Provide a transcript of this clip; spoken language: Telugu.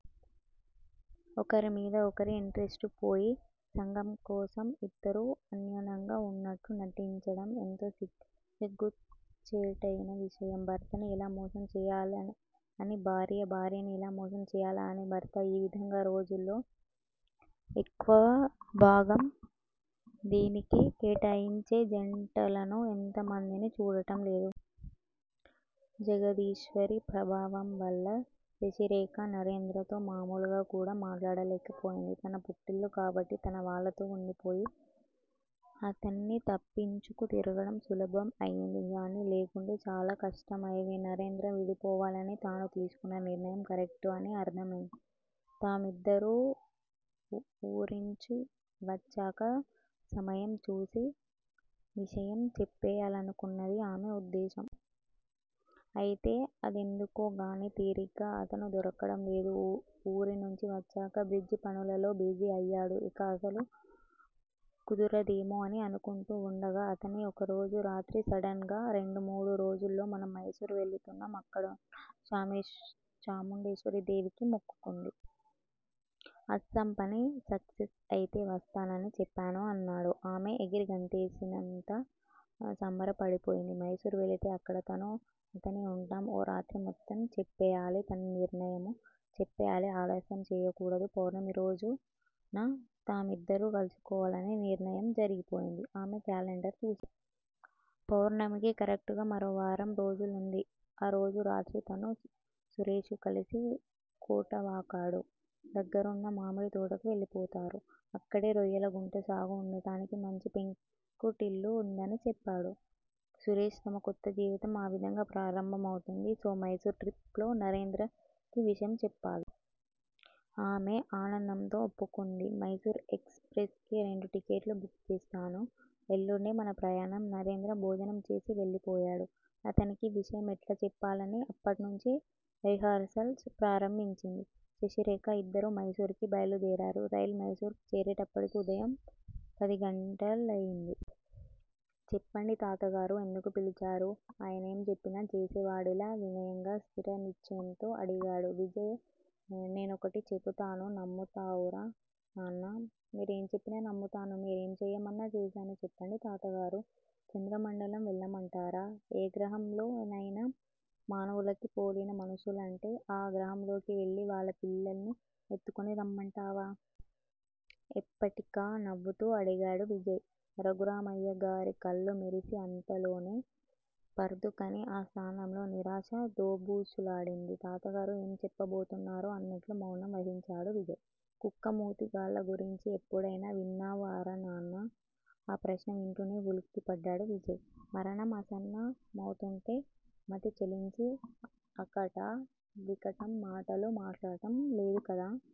ఒకరి మీద ఒకరికి ఇంట్రెస్టుపోయి సంఘం కోసం యిద్దరూ అన్యోన్యంగా వున్నట్టూ నటించడం ఎంత సిగ్గుచేటయిన విషయం? భర్తని ఎలా మోసం చేయాలా అని భార్య. భార్యని ఎలా మోసం చేయాలా అని భర్త ఈ విధంగా రోజులో ఎక్కువ భాగం దీనికే కేటాయించే జంటలను ఎంత మందిని చూడటంలేదు? జగదీశ్వరి ప్రభావంవల్ల శశిరేఖ నరేంద్రతో మామూలుగా కూడా మాట్లాడలేకపోయింది. తన పుట్టిల్లు కాబట్టి తనవాళ్ళతో వుండిపోయి అతన్ని తప్పించుకు తిరగడం సులభం అయ్యింది గానీ లేకుంటే చాలా కష్టమయ్యేది. నరేంద్రతో విడిపోవాలని తాను తీసుకున్న నిర్ణయం కరెక్టు అని అర్దమైంది. తామిద్దరూ ఊరినుంచి వచ్చాక సమయం చూసి విషయం చెప్పేయ్యాలన్నది అమె ఉద్దేశ్యం. అయితే ఆదెందుకోగాని, తీరిగ్గా అతను దొరకడం లేదు. ఊరినుంచి వచ్చాక బ్రిడ్జి పనులలో బిజీ అయ్యాడు. ఇక అసలు కుదురదేమో అని అనుకుంటూ వుండగా అతనే ఓరోజు రాత్రి సడన్ గా రెండు మూడు రోజుల్లో మనం మైసూర్ వెళుతున్నాం. అక్కడున్న చాముండేశ్వరి దేవికి మొక్కుంది. అస్సాం పని సక్కెస్ అయితే వస్తానని చెప్పాను అన్నాడు. అమె ఎగిరిగంతేసినంత సంబరపడిపోయింది. మైసూర్ వెళితే అక్కడ తను, అతనే వుంటాం. ఓ రాత్రి మొత్తం చెప్పేయాలి. తన నిర్ణయము చెప్పేయాలి. అలస్యం చేయకూడదు. పౌర్ణమి రోజున తామిద్దరూ కలుసుకోవాలని నిర్ణయం జరిగిపోయింది. అమె క్యాలండర్ చూసింది. పౌర్ణమికి కరెక్టుగా మరో వారం రోజులుంది. ఆ రోజు రాత్రి తనూ, సురేషూ కలిసి కోటావాకాడు దగ్గరున్న మామిడితోటకు వెళ్ళిపోతారు. అక్కడే రొయ్యల గుంటల సాగు. వుండడానికి మంచి పెంకుటిల్లు వుందని చెప్పాడు సురేష్. తమ కొత్త జీవితం ఆ విధంగా ప్రారంభమవుతుంది. సో-మైసూర్ ట్రిప్ లో నరేంద్రకి విషయం చెప్పాలి. అమె ఆనందంతో ఒప్పుకుంది. మైసూర్ ఎక్స్ ప్రెస్ కి రెండు టికెట్లు బుక్ చేస్తాను. ఎల్లుండే మన ప్రయాణం. నరేంద్ర భోజనం చేసి వెళ్ళిపోయాడు. అతనికి విషయం ఎట్లా చెప్పాలని అప్పట్నుంచే రిహార్సల్స్ ప్రారంబించింది శశిరేఖ. ఇద్దరూ మైసూర్ కి బయలుదేరారు. రైలు మైసూరుకి చేరేటప్పటికి ఉదయం పదిగంటలయింది. చెప్పండి తాతగారూ ఎందుకు పిలిచారు.? ఆయనేం చెప్పినా చేసేవాడిలా వినయంగా స్థిర నిశ్చయంతో అడిగాడు విజయ్. నేనొకటి చెపుతాను నమ్ముతావురా నాన్నా! మీరేంచెప్పినా నమ్ముతాను మీరేం చేయమన్నా చేస్తాను. చెప్పండి తాతగారూ! చంద్రమండలం వెళ్ళమంటారా! ఏగ్రహం లోనయినా మానవులకి పోలిన మనుషులంటే ఆ గ్రహంలోకి వెళ్ళి వాళ్ళపిల్లని ఎత్తుకు రమ్మంటారా? ఎప్పటికా నవ్వుతూ అడిగాడు విజయ్. రఘురామయ్యగారి కళ్ళు మెరిసి అంతలోనే పర్దుకని ఆ స్థానంలో నిరాశ దోబూచులాడింది. తాతగారు ఎం చెప్పాబోతున్నారో అన్నట్లు మౌనం వహించాడు విజయ్. కుక్క మూతిగాళ్ళ గురించి ఎప్పుడైయిన విన్నావురానాన్నా! ఆ ప్రశ్న వింటూనే వులుక్కి పడ్డాడు విజయ్ మరణం ఆసన్న మౌతుంటే మతి చెలించి అకటా వికటం మాటలు మాట్లాడటం లేదుకదా!